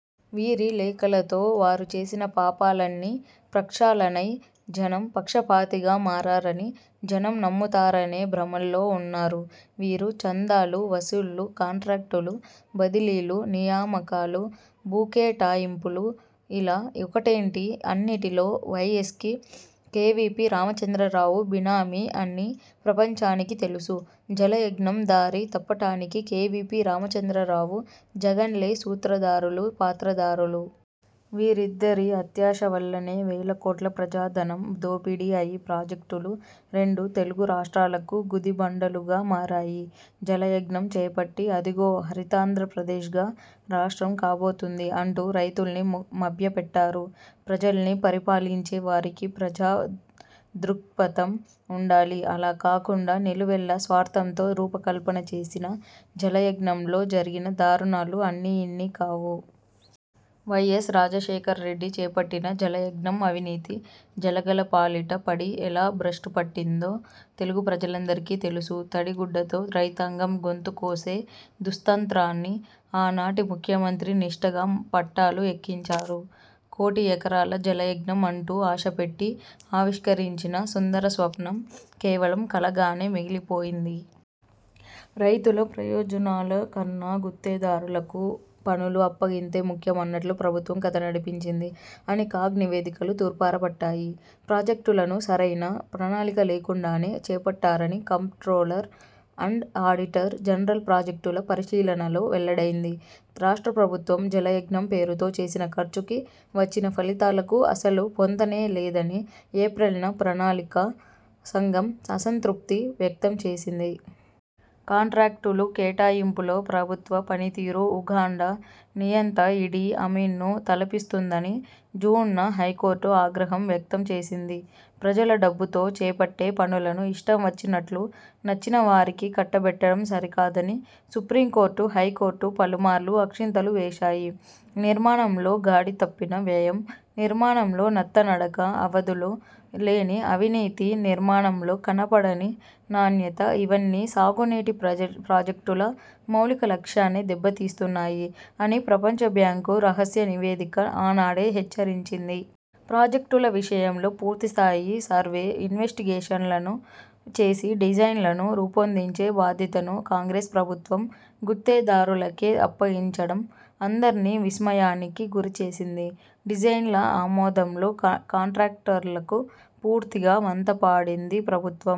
వీరి లేఖలతో వారు చేసిన పాపాలన్నీ ప్రక్షాళనై జనం పక్షపాతిగా మారారని జనం నమ్ముతారనే భ్రమల్లో వున్నారు వీరు. చందాలు, వసూళ్లు, కాంట్రాక్టులు, బదిలీలు, నియామకాలు, భూకేటాయింపులు ఇలా ఒకటేంటి అన్నిటిలో వైఎస్కి, కేవీపీ రామచంద్రరావు బినామీ అని ప్రపంచానికి తెలుసు. జలయజ్ఞం దారి తప్పటానికి కేవీపీ రామచంద్రరావు, జగన్లే సూత్రధారులు, పాత్రధారులు. వీరిద్దరి అత్యాశ వల్లనే వేలకోట్ల ప్రజాధనం దోపిడీ అయి ప్రాజెక్టులు రెండు తెలుగు రాష్ట్రాలకు గుదిబండలుగా మారాయి. జలయజ్ఞం చేపట్టి అదిగో హరితాంధ్రప్రదేశ్గా రాష్ట్రం కాబోతుంది అంటూ రైతుల్ని మభ్యపెట్టారు. ప్రజల్ని పరిపాలించే వారికి ప్రజా దృక్పథం వుండాలి. అలా కాకుండా నిలువెల్లా స్వార్థంతో రూపకల్పన చేసిన జలయజ్ఞంలో జరిగిన దారుణాలు అన్నీ ఇన్ని కావు. వైఎస్ రాజశేఖర్ రెడ్డి చేపట్టిన జలయజ్ఞం అవినీతి జలగలపాలిట పడి ఎలా భ్రష్టుపట్టిందో తెలుగు ప్రజలందరికీ తెలుసు. తడి గుడ్డతో రైతాంగం గొంతు కోసే దుస్తంత్రాన్ని ఆనాటి ముఖ్యమంత్రి నిష్టగా పట్టాలు ఎక్కించారు. కోటి ఎకరాల జలయజ్ఞం అంటూ ఆశపెట్టి ఆవిష్కరించిన సుందర స్వప్నం కేవలం కలగానే మిగిలిపోయింది. రైతుల ప్రయోజనాల కన్నా గుత్తేదారులకు పనుల అప్పగింతే ముఖ్యం అన్నట్లు ప్రభుత్వం కథ నడిపించింది అని కాగ్ నివేదికలు తూర్పార పట్టాయి. ప్రాజెక్టులను సరైన ప్రణాళిక లేకుండానే చేపట్టారని కంప్ర్టోలర్ అండ్ ఆడిటర్ జనరల్ ప్రాజెక్టుల పరిశీలనలో వెల్లడైంది. రాష్ట్ర ప్రభుత్వం జలయజ్ఞం పేరుతో చేసిన ఖర్చుకి, వచ్చిన ఫలితాలకు అసలు పొంతనే లేదని ఏప్రిల్ న ప్రణాళికా సంఘం అసంతృప్తి వ్యక్తంచేసింది. కాంట్రాక్టులు కేటాయింపులో ప్రభుత్వ పనితీరు ఉగాండా నియంత ఇడీ అమీన్ను తలపిస్తుందని జూన్ న హైకోర్టు ఆగ్రహం వ్యక్తం చేసింది. ప్రజల డబ్బుతో చేపట్టే పనులను ఇష్టం వచ్చినట్లు నచ్చినవారికి కట్టబెట్టడం సరికాదని సుప్రీంకోర్టు, హైకోర్టు పలుమార్లు అక్షింతలు వేశాయి. నిర్మాణంలో గాడి తప్పిన వ్యయం, నిర్మాణంలో నత్త నడక, అవధులు లేని అవినీతి, నిర్మాణంలో కనపడని నాణ్యత ఇవన్నీ సాగునీటి ప్రాజెక్టుల మౌలిక లక్ష్యాన్నే దెబ్బతీస్తున్నాయి అని ప్రపంచ బ్యాంకు రహస్య నివేదిక ఆనాడే హెచ్చరించింది. ప్రాజెక్టుల విషయంలో పూర్తిస్థాయి సర్వే ఇన్వెస్టిగేషన్లను చేసి డిజైన్లను రూపొందించే బాధ్యతను కాంగ్రెస్ ప్రభుత్వం గుత్తేదారులకే అప్పగించడం అందర్నీ విస్మయానికి గురిచేసింది. డిజైన్ల ఆమోదంలో కాంట్రాక్టర్లకు పూర్తిగా వంత పాడింది ప్రభుత్వం.